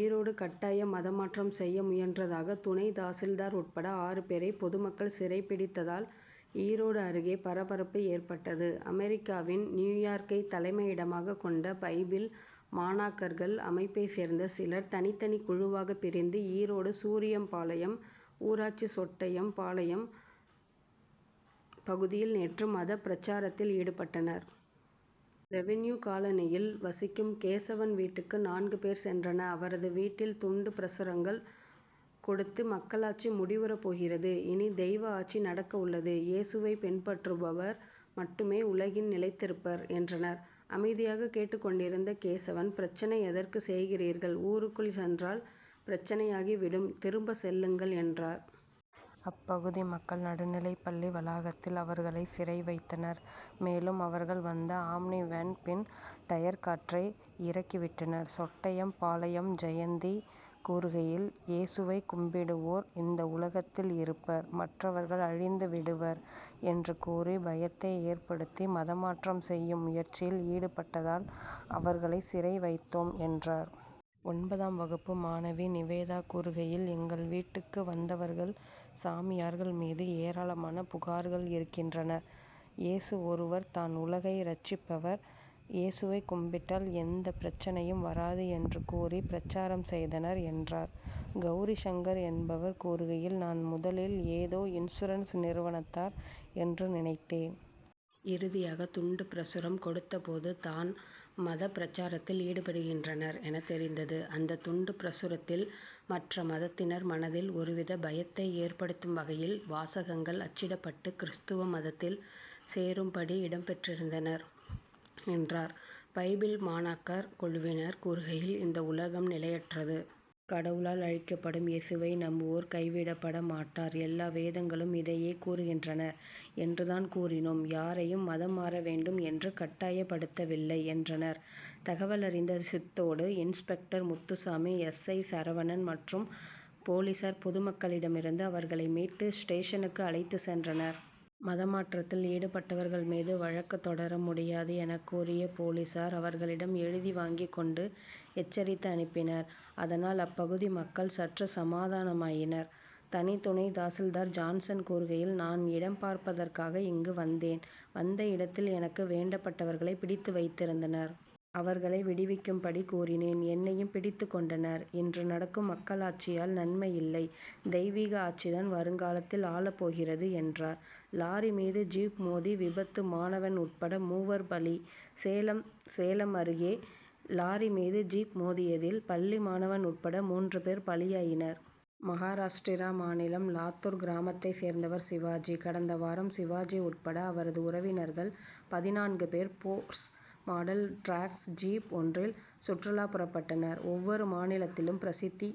ஈரோடு கட்டாய மதமாற்றம் செய்ய முயன்றதாக துணை தாசில்தார் உட்பட ஆறு பேரை பொதுமக்கள் சிறை பிடித்த தால் ஈரோடு அருகே பரபரப்பு ஏற்பட்டது. அமெரிக்காவின் நியூயார்க்கை தலைமையிடமாகக் கொண்ட பைபிள் மாணாக்கர்கள் அமைப்பைச் சேர்ந்த சிலர் தனித்தனி குழுவாகப் பிரிந்து ஈரோடு சூரியம்பாளையம் ஊராட்சி சொட்டையம் பாளையம் பகுதியில் நேற்று மதப் பிரச்சாரத்தில் ஈடுபட்டனர். ரெவின்யூ காலனியில் வசிக்கும் கேசவன் வீட்டுக்கு நான்கு பேர் சென்றனர். அவரது வீட்டில் துண்டு பிரசுரங்கள் கொடுத்து மக்களாட்சி முடிவுறப் போகிறது இனி தெய்வ ஆட்சி நடக்க உள்ளது. ஏசுவை பின்பற்றுபவர் மட்டுமே உலகில் நிலைத்திருப்பர் என்றனர். அமைதியாக கேட்டுக் கொண்டிருந்த கேசவன் பிரச்சனை எதற்கு செய்கிறீர்கள் ஊருக்குள் சென்றால் பிரச்சனையாகி விடும் திரும்பச் செல்லுங்கள் என்றார். அப்பகுதி மக்கள் நடுநிலைப்பள்ளி வளாகத்தில் அவர்களை சிறை வைத்தனர். மேலும் அவர்கள் வந்த ஆம்னி வேன் பின் டயர் காற்றை இறக்கிவிட்டனர். சொட்டையம் பாளையம் ஜெயந்தி கூறுகையில் ஏசுவை கும்பிடுவோர் இந்த உலகத்தில் இருப்பர் மற்றவர்கள் அழிந்து விடுவர் என்று கூறி பயத்தை ஏற்படுத்தி மதமாற்றம் செய்யும் முயற்சியில் ஈடுபட்டதால் அவர்களை சிறை வைத்தோம் என்றார். ஒன்பதாம் வகுப்பு மாணவி நிவேதா கூறுகையில் எங்கள் வீட்டுக்கு வந்தவர்கள் சாமியார்கள் மீது ஏராளமான புகார்கள் இருக்கின்றன. ஏசு ஒருவர் தான் உலகை ரட்ச்சிப்பவர் ஏசுவை கும்பிட்டால் எந்த பிரச்சனையும் வராது என்று கூறி பிரச்சாரம் செய்தனர் என்றார். கவுரி சங்கர் என்பவர் கூறுகையில் நான் முதலில் ஏதோ இன்சூரன்ஸ் நிறுவனத்தார் என்று நினைத்தேன். இறுதியாக துண்டு பிரசுரம் கொடுத்த போது தான் மதப் பிரசாரத்தில் ஈடுபடுகின்றனர் எனத் தெரிந்தது. அந்த துண்டு பிரசுரத்தில் மற்ற மதத்தினர் மனதில் ஒருவித பயத்தை ஏற்படுத்தும் வகையில் வாசகங்கள் அச்சிடப்பட்டு கிறிஸ்துவ மதத்தில் சேரும் படி இடம் பெற்றிருந்தன என்றார். பைபிள் மாணாக்கர் குழுவினர் கூறுகையில் இந்த உலகம் நிலையற்றது. கடவுளால் அழிக்கப்படும். ஏசுவை நம்புவோர் கைவிடப்படமாட்டார். எல்லா வேதங்களும் இதையே கூறுகின்றன என்று தான் கூறினோம். யாரையும் மதம் மாற வேண்டும் என்று கட்டாயப் படுத்தவில்லை என்றனர். தகவலறிந்த Chithode inspector Muthusamy S. I. Saravanan மற்றும் போலீசார் பொதுமக்களிடம் இருந்து அவர்களை மீட்டு ஸ்டேஷனுக்கு அழைத்துச் சென்றனர். மதமாற்றத்தில் ஈடுபட்டவர்கள் மீது வழக்கு தொடர முடியாது எனக் கூறிய போலீசார் அவர் களிடம் எழுதி வாங்கிக் கொண்டு எச்சரித்து அனுப்பினர். அதனால் அப்பகுதி மக்கள் சற்று சமாதானமாயினர். தனி துணை தாசில்தார் ஜான்சன் கூறுகையில் நான் இடம் பார்ப்பதற்காக இங்கு வந்தேன். வந்த இடத்தில் எனக்கு வேண் டப்பட்டவர்களை பிடித்து வைத்திருந்தனர். அவர்களை விடுவிக்கும்படி கூறினேன். என்னையும் பிடித்துக் கொண்ட னர். இன்று நடக்கும் மக்களாட்சியால் நன்மையில்லை தெய்வீக ஆட்சி தான் வருங்காலத்தில் ஆளப்போகிறது என்றார். லாரி மீது ஜீப் மோதி விபத்து மாணவன் உட்பட மூவர் பலி சேலம் சேலம் அருகே. லாரி மீது ஜீப் மோதியதில் பள்ளி மாணவன் உட்பட மூன்று பேர் பலியாயினர். மகாராஷ்டிரா மாநிலம் லாத்தூர் கிராமத்தை சேர்ந்தவர் சிவாஜி. கடந்த வாரம் சிவாஜி உட்பட அவரது உறவினர்கள் பதினான்கு பேர் போர்ஸ் மாடல் டிராக்ஸ் ஜீப் ஒன்றில் சுற்றுலா புறப்பட்டனர். ஒவ்வொரு மாநிலத்திலும் பிரசித்தி